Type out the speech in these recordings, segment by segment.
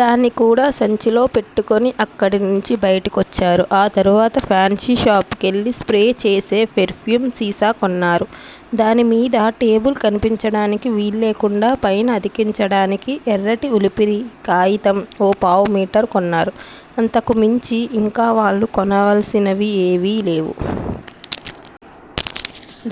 దాన్ని కూడా సంచీలో పెట్టుకొని అక్కడ్నించి బయటికొచ్చారు. ఆ తర్వాత ఫ్యాన్సీ షాపు కెళ్ళి స్ప్రేచేసే పెర్ ఫ్యూమ్ సీసా కొన్నారు. దానిమీద టేబుల్ కనిపించడానికి వీల్లేకుండా పైన అతికించడానికి ఎర్రటి ఉలిపిరి కాయితం ఓ పావు మీటర్ కొన్నారు. అంతకు మించి ఇంక వాళ్ళు కొనవలసినవి ఏవీలేవు.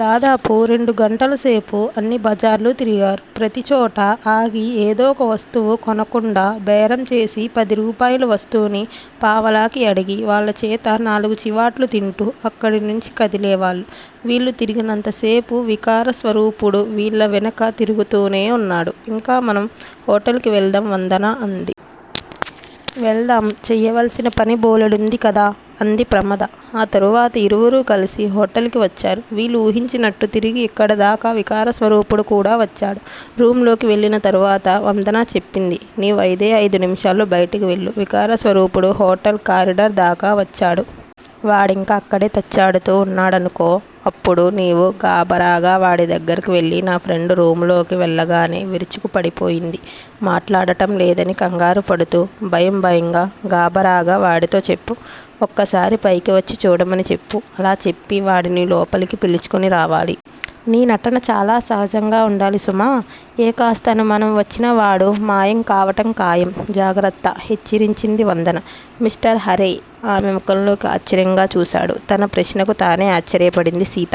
దాదాపు రెండు గంటలసేపు అన్ని బజార్లూ తిరిగారు. ప్రతిచోటా ఆగి ఏదో వక వస్తువు కొనకుండా బేరంచేసి పదిరూపాయిల వస్తువుని పావలాకి అడిగి వాళ్ళ చేత నాలుగు చివాట్లు తింటూ అక్కడ్నించి కదిలేవాళ్ళు. వీళ్ళు తిరిగినంతసేపూ వికారస్వరూపుడు వీళ్ళ వెనక తిరుగుతూనే వున్నాడు. ఇంక మనం హోటల్ కి వెళదాం వందన అంది. వెళదాం చేయవలసినపని బోలెడుంది కదా! అంది ప్రమద. ఆ తరవాత ఇరువురూ కలిసి హోటల్ కి వచ్చారు. వీళ్ళు ఊహించినట్టు తిరిగి ఇక్కడదాకా వికారస్వరూపుడు కూడా వచ్చాడు. రూమ్ లోకి వెళ్ళిన తర్వాత వందన చెప్పింది. నీవు అయిదే అయిదు నిమిషాల్లో బయటికి వెళ్ళు. వికారస్వరూపుడు హోటల్ కారిడార్ దాకా వచ్చాడు. వాడింకా అక్కడే తచ్చాడుతూ ఉన్నాడనుకో అప్పుడు నీవు గాభరాగా వాడి దగ్గరకు వెళ్ళి నా ఫ్రెండు రూమ్ లోకి వెళ్ళగానే విరుచుకు పడిపోయింది. మాట్లాడటం లేదని కంగారుపడుతూ భయంభయంగా గాభరాగా వాడితో చెప్పు. ఒక్కసారి పైకి వచ్చి చూడమని చెప్పు. అలా చెప్పి వాడిని లోపలికి పిల్చుకొనిరావాలి. నీ నటన చాలా సహజంగా ఉండాలి సుమా! ఏ కాస్త అనుమానం వచ్చినా వాడు మాయంకావటం ఖాయం జాగ్రత్త! హెచ్చరించింది వందన. మిస్టర్ హారే ఆమె ముఖంలోకి ఆశ్చర్యంగా చూశాడు. తన ప్రశ్నకు తానే ఆశ్చర్యపడింది సీత.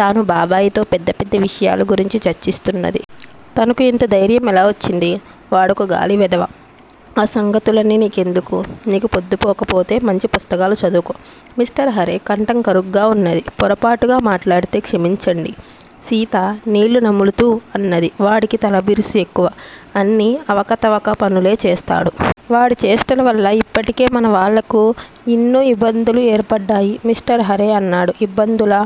తాను బాబాయితో పెద్ద పెద్ద విషయాల గురించి చర్చిస్తున్నది. తనకు ఇంత ధైర్యం ఎలా వచ్చింది? వాడొక గాలి వెధవ. ఆ సంగతులన్నీ నీకెందుకూ? నీకు పొద్దుపోకపోతే మంచి పుస్తకాలు చదువుకో. మిస్టర్ హారే కంఠం కరుగ్గా ఉన్నది. పొరపాటుగా మాట్లాడితే క్షమించండి సీత నీళ్ళునములుతూ అన్నది. వాడికి తలబిరుసు ఎక్కువ. అన్నీ అవకతవక పనులే చేస్తాడు. వాడి చేష్టలవల్ల ఇప్పటికే మనవాళ్ళకు ఇన్నో ఇబ్బందులు ఏర్పడ్డాయి మిస్టర్ హారే అన్నాడు. ఇబ్బందులా?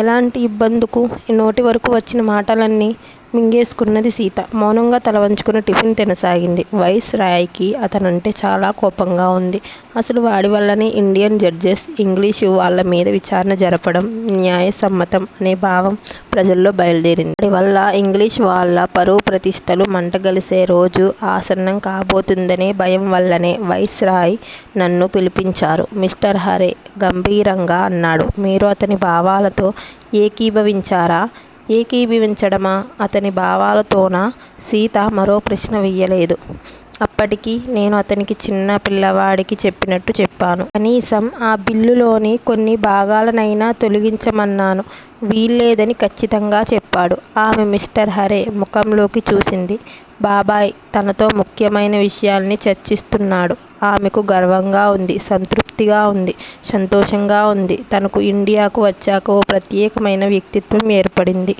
ఎలాంటి ఇబ్బందుకు? నోటివరకు వచ్చిన మాటల్ని మింగేసుకొన్నది సీత. మౌనంగా తలవంచుకుని టిఫిన్ తినసాగింది. వైస్ రాయ్ కి అతనంటే చాలా కోపంగా ఉంది. అసలు వాడివల్లనే ఇండియన్ జడ్జెస్ ఇంగ్లీషు వాళ్ళమీద విచారణ జరపడం న్యాయసమ్మతం అనే భావం ప్రజల్లో బయలుదేరింది. వాడివల్ల ఇంగ్లీషు వాళ్ళ పరువుప్రతిష్టలు మంట గలిసేరోజు ఆసన్నం కాబోతుందనే భయంవల్లనే వైస్ రాయ్ నన్ను పిలిపించారు. మిస్టర్ హారే గంభీరంగా అన్నాడు. మీరు అతని భావాలతో ఏకీభవించారా? ఏకీభవించడమా? అతని భావాలతోనా? సీత మరో ప్రశ్న వేయలేదు. అప్పటికీ నేను అతనికి చిన్నపిల్లవాడికి చెప్పినట్టు చెప్పాను. కనీసం ఆ బిల్లులోని కొన్ని భాగాలనైనా తొలగించమన్నాను. వీల్లేదని ఖచ్చితంగా చెప్పాడు. ఆమె మిష్టర్ హారే ముఖంలోకి చూసింది. బాబాయ్ తనతో ముఖ్యమైన విషయాల్ని చర్చిస్తున్నాడు. ఆమెకు గర్వంగా ఉంది. సంతృప్తిగా ఉంది. సంతోషంగా ఉంది. తనకు ఇండియాకు వచ్చాక ఓ ప్రత్యేకమైన వ్యక్తిత్వం ఏర్పడింది.